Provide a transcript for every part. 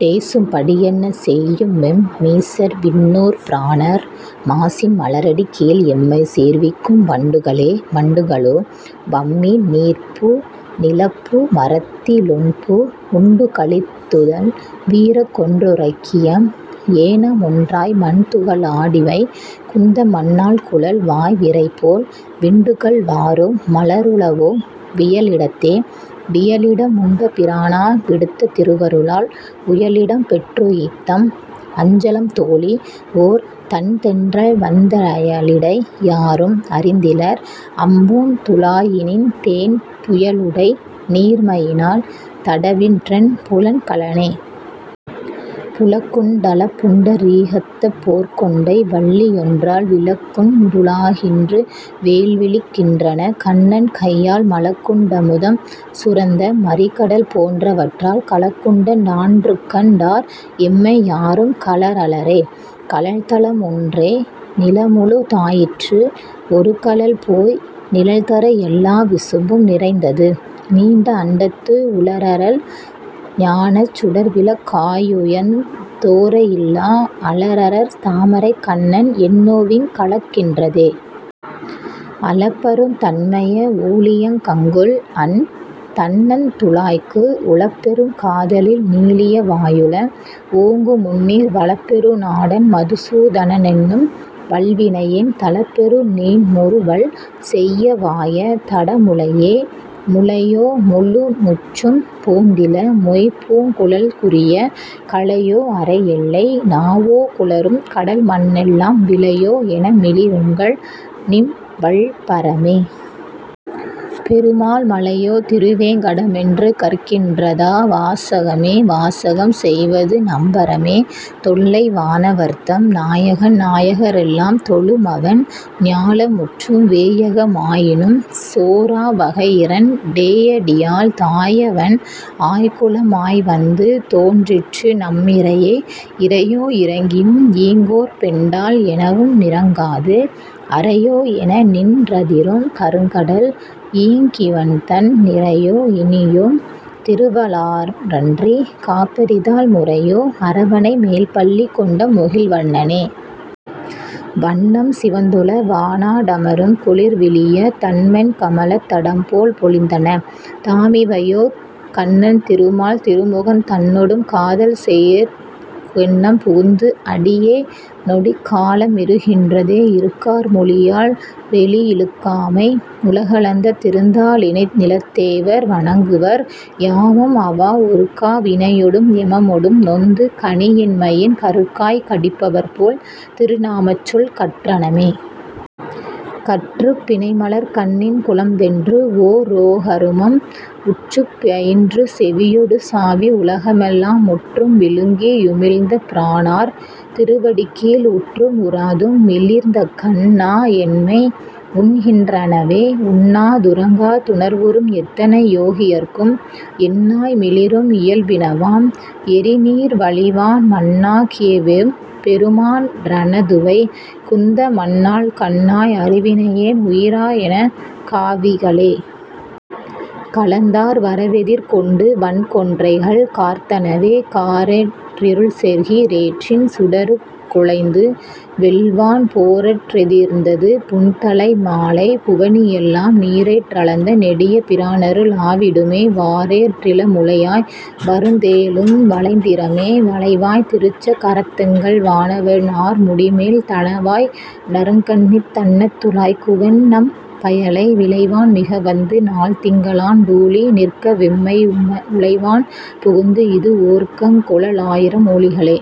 டேசும் படியன்ன செய்யுமெம் மீசர்விண் ணோர்பிரானார் மாசின் மலரடிக் கீழ், எம்மைச் சேர்விக்கும் வண்டுகளே வண்டுக ளோ. வம்மின் நீர்ப்பூ நிலப்பூ மரத்திலொண்பூ, உண்டுகளித்துழல் வீர்க்கொன்றுரைக்கியம், ஏனமொன்றாய் மண்துக ளாடிவை குந்தமன்னாள்குழல் வாய்விரைபோல் விண்டுகள் வாரும், மலருள வோம் வியலிடத்தே? வியலிட முண்ட பிரானா விடுத்த திருவருளால், உயலிடம் பெற்றுய்ந்தம் அஞ்சலம் தோழி, ஓர் தண்தென்றல்வந் தயலிடை யாரும் அறிந்திலர் அம்பூந் துழாயினின்தேன் புயலுடை நீர்மையி னால், தடவிற்றென் புலன்கலனே. புலக்குண் டலப்புண்ட ரீகத்த போர்க்கொண்டை, வல்லியொன்றால் விலக்குண் டுலாகின்று வேல்விழிக் கின்றன, கண்ணன் கையால் மலக்குண் டமுதம் சுரந்த மறிகடல் போன்றவற்றால் கலக்குண்ட நான்றுகண் டார், எம்மை யாரும் கழறலரே. கழல்தலம் ஒன்றே நிலமுழு தாயிற்று, ஒருகழல்போய் நிழல்தர எல்லா விசும்பும் நிறைந்தது, நீண்ட அண்டத்து உழறலர் ஞானச் சுடர்விளக் காயுயர்ந் தோரையில்லா அழறலர் தாமரைக் கண்ணன், என்னோவிங் களக்கின்றதே? அளப்பருந் தன்மைய ஊழியங் கங்குல், அந் தண்ணந்துழாய்க்கு உளப்பெருங் காதலில் நீளிய வாயுள, ஓங்குமுந்நீர் வளப்பெரு நாடன் மதுசூ தனனென்னும் வல்வினையேன் தளப்பெரு நீண்முறு வல், செய்யவாய தடமுலையே. முலையோ முழுமுற்றும் போந்தில, மொய்பூங் குழல்குறிய கலையோ அரையில்லை நாவோகுழறும், கடல்மண்ணெல்லாம் விலையோ எனமிளி ருங்கண் ணிவள்பர மே. பெருமான் மலையோ திருவேங் கடமென்று கற்கின்றா வாசகமே? வாசகம் செய்வது நம்பரமே?, தொல்லை வானவர்தம் நாயகன் நாயக ரெல்லாம் தொழுமவன், ஞாலமுற்றும் வேயக மாயினும் சோரா வகையிரண் டேயடியால் தாயவன், ஆய்க்குல மாய்வந்து தோன்றிற்று நம்மிறையே. இறையோ இரக்கினும் ஈங்கோர்பெண்டால், என வும்மிரங்காது, அறையோ. எனநின் றதிரும் கருங்கடல், ஈங்க்கிவள்தன் நிறையோ இனியுன் திருவருளாலன்றிக் காப்பரிதால் முறையோ, அரவணை மேல்பள்ளி கொண்ட முகில்வண்ணனே. வண்ணம் சிவந்துள வானாடமரும் குளிர்விழிய, தண்மென் கமலத் தடம்போல் பொலிந்தன, தாமிவையோ கண்ணன் திருமால் திருமுகந் தன்னொடும் காதல்செய்தேற் கெண்ணம் புகுந்து, அடி யேனொடிக் கால மிருகின்றதே. இருக்கார் மொழியால் நெறியிழுக்காமை, உலகளந்த திருத்தா ளிணைநிலத் தேவர் வணங்குவர், யாமும் அவா ஒருக்கா வினையொடும் எம்மொடும் நொந்து கனியின்மையின் கருக்காய் கடிப்பவர் போல், திருநாமச்சொல் கற்றனமே. கற்றுப் பிணைமலர்க் கண்ணின் குலம்வென்று, ஓ ரோகருமம் உற்றுப் பயின்று செவியொடு சாவி, உலகமெல்லாம் முற்றும் விழுங்க்கி யுமிழ்ந்த பிரானார் திருவடிக்கீழ் உற்றும் உறாதும், மிளீர்ந்தகண் ணாயெம்மை உண்கின்றவே. உண்ணா துறங்கா துணர்வுறும் எத்தனை யோகியர்க்கும் எண்ணாய் மிளிரும் இயல்பினவாம், எரி நீர்வளிவான் மண்ணா கியவெம் பெருமான்றனதுவை குந்தமன்னாள் கண்ணாய் அருவினை யேன், உயிராயின காவிகளே. கலந்தார் வரவெதிர் கொண்டு, வன் கொன்றைகள் கார்த்தனவே. காரேற் றிருள்செகி லேற்றின் சுடருக் குளைந்து, வெல்வான் போரேற் றெதிர்ந்தது புன்தலை மாலை, புவனியெல்லாம் நீரேற் றளந்த நெடிய பிரானரு ளாவிடுமே? வாரேற் றிளமுலை யாய், வருந்தேலுன் வளைத்திறமே. வளைவாய்த் திருச்சக் கரத்தெங்கள் வானவ னார்முடிமேல், தளைவாய் நறுங்கண்ணித் தண்ணந் துழாய்க்குவண் ணம்பயலை, விளைவான் மிகவந்து நாள்திங்க ளாண்டூழி நிற்கவெம்மை உளைவான் புகுந்து, இது வோர்கங்குல் ஆயிரம் ஊழிகளே.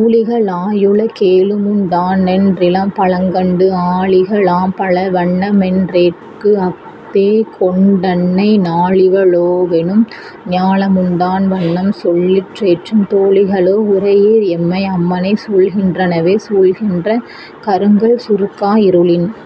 ஊழிக ளாயுல கேழுமுண் டானென் றிலம், பழங்கண்டு ஆழிக ளாம்பழ வண்ணமென் றேற்க்கு, அஃ தேகொண்டன்னை நாழிவ ளோவெனும் ஞாலமுண் டான்வண்ணம் சொல்லிற்றென்னும் தோழிக ளோ. உரை யீர், எம்மை அம்மனை சூழ்கின்றவே. சூழ்க்கின்ற கங்குல் சுருங்கா இருளின்